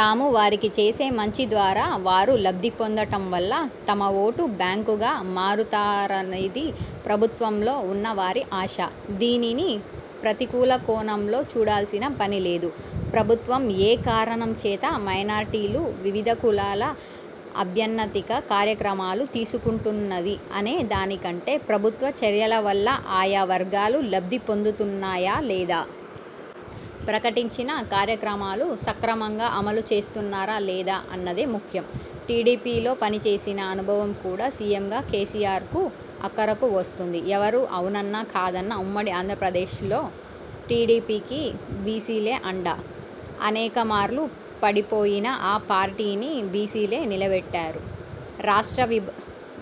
తాము వారికి చేసే మంచి ద్వారా వారు లబ్ధి పొందటం వల్ల తమ ఓటు బ్యాంకుగా మారుతారనేది ప్రభుత్వంలో ఉన్న వారి ఆశ. దీనిని ప్రతికూల కోణంలో చూడాల్సిన పని లేదు. ప్రభుత్వం ఏ కారణం చేత మైనార్టీలు, వివిధ కులాల అభ్యన్నతికి కార్యక్రమాలు తీసుకుంటున్నది అనే దానికంటే, ప్రభుత్వ చర్యల వల్ల ఆయా వర్గాలు లబ్ధి పొందుతున్నాయా లేదా? ప్రకటించిన కార్యక్రమాలు సక్రమంగా అమలు చేస్తున్నారా లేదా? అన్నదే ముఖ్యం. టీడీపీలో పనిచేసిన అనుభవం కూడా సీఎంగా కేసీఆర్కు అక్కరకు వస్తోంది. ఎవరు అవునన్నా కాదన్నా, ఉమ్మడి ఆంధ్రప్రదేశ్లో టీడీపీకి బీసీలే అండ. అనేకమార్లు పడిపోయిన ఆ పార్టీని బీసీలే నిలబెట్టారు. రాష్ట్ర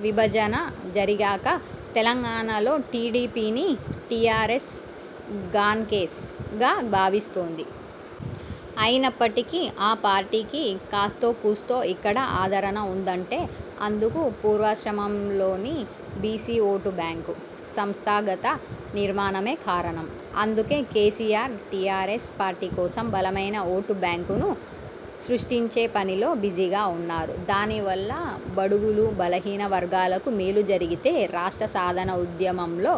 విభజన జరిగాక తెలంగాణలో టీడీపీని టీఆర్ఎస్ 'గాన్ కేస్'గా భావిస్తోంది. అయినప్పటికీ, ఆ పార్టీకి కాస్తో కూస్తో ఇక్కడ ఆదరణ ఉందంటే, అందుకు పూర్వాశ్రమంలోని బీసీ ఓటు బ్యాంకు, సంస్థాగత నిర్మాణమే కారణం. అందుకే కేసీఆర్, టీఆర్ఎస్ పార్టీ కోసం బలమైన ఓటు బ్యాంకును సృష్టించే పనిలో బిజీగా ఉన్నారు. దాని వల్ల బడుగులు, బలహీన వర్గాలకు మేలు జరిగితే రాష్ట్ర సాధన ఉద్యమంలో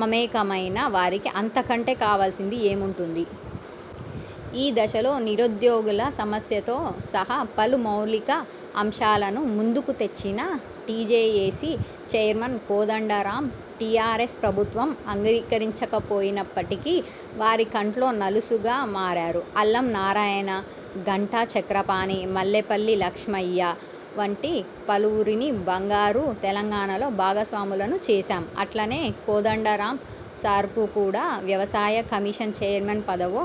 మమేకమైన వారికి అంతకంటే కావాల్సింది ఏముంటుంది? ఈ దశలో నిరుద్యోగుల సమస్యతో సహా పలు మౌలిక అంశాలను ముందుకు తెచ్చిన టీజేఏసీ చైర్మన్ కోదండరాం టీఆర్ఎస్ ప్రభుత్వం అంగీకరించకపోయినప్పటికీ, వారి కంట్లో నలుసుగా మారారు. 'అల్లం నారాయణ, ఘంటా చక్రపాణి, మల్లేపల్లి లక్ష్మయ్య వంటి పలువురిని బంగారు తెలంగాణలో భాగస్వాములను చేశాం. అట్లనే కోదండరాం సార్కు కూడా వ్యవసాయ కమిషన్ చైర్మన్ పదవో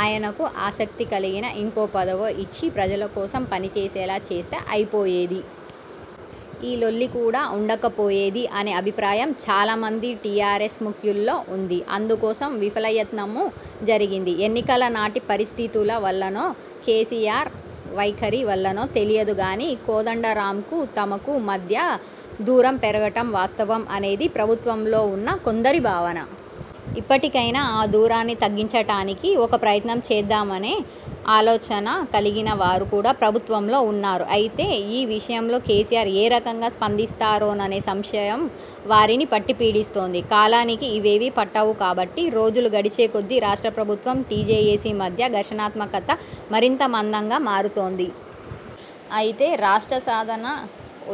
ఆయనకు ఆసక్తి కలిగిన ఇంకో పదవో ఇచ్చి ప్రజల కోసం పనిచేసేలా చేస్తే అయిపోయేది. ఈ లొల్లి కూడా ఉండకపోయేది' అనే అభిప్రాయం చాలా మంది టీఆర్ఎస్ ముఖ్యుల్లో ఉంది. అందుకోసం విఫలయత్నమూ జరిగింది. ఎన్నికల నాటి పరిస్థితుల వల్లనో, కేసీఆర్ వైఖరి వల్లనో తెలియదు గానీ, కోదండరాంకూ తమకూ మధ్య దూరం పెరగటం వాస్తవం అనేది ప్రభుత్వంలో ఉన్న కొందరి భావన. ఇప్పటికైనా ఆ దూరాన్ని తగ్గించటానికి ఒక ప్రయత్నం చేద్దామనే ఆలోచన కలిగిన వారు కూడా ప్రభుత్వంలో ఉన్నారు. అయితే ఈ విషయంలో కేసీఆర్ ఏ రకంగా స్పందిస్తారోననే సంశయం వారిని పట్టిపీడిస్తోంది. కాలానికి ఇవేవీ పట్టవు కాబట్టి, రోజులు గడిచే కొద్దీ రాష్ట్ర ప్రభుత్వం, టీజేఏసీ మధ్య ఘర్షణాత్మకత మరింత మందంగా మారుతోంది. అయితే రాష్ట్ర సాధన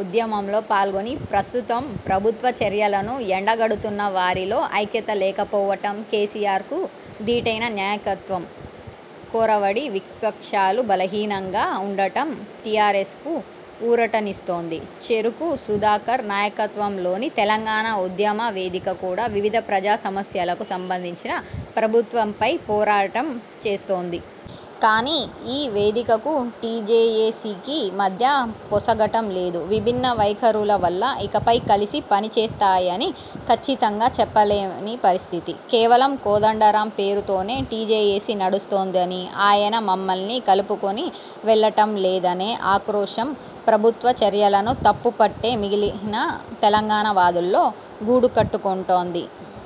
ఉద్యమంలో పాల్గొని, ప్రస్తుతం ప్రభుత్వ చర్యలను ఎండగడుతున్న వారిలో ఐక్యత లేకపోవటం, కేసీఆర్కు ధీటైన నాయకత్వం కొరవడి విపక్షాలు బలహీనంగా ఉండటం టీఆర్ఎస్కు ఊరటనిస్తోంది. చెరుకు సుధాకర్ నాయకత్వంలోని తెలంగాణ ఉద్యమ వేదిక కూడా వివిధ ప్రజా సమస్యలకు సంబంధించి ప్రభుత్వంపై పోరాటం చేస్తోంది. కానీ ఈ వేదికకూ, టీజేఏసీకీ మధ్య పొసగటం లేదు. విభిన్న వైఖరుల వల్ల ఇకపై కలిసి పనిచేస్తాయని కచ్చితంగా చెప్పలేని పరిస్థితి. కేవలం కోదండరాం పేరుతోనే టీజేఏసీ నడుస్తోందనీ, ఆయన మమ్మల్ని కలుపుకొని వెళ్లటంలేదనే ఆక్రోశం ప్రభుత్వ చర్యలను తప్పుపట్టే మిగిలిన తెలంగాణ వాదుల్లో గూడుకట్టుకుంటోంది.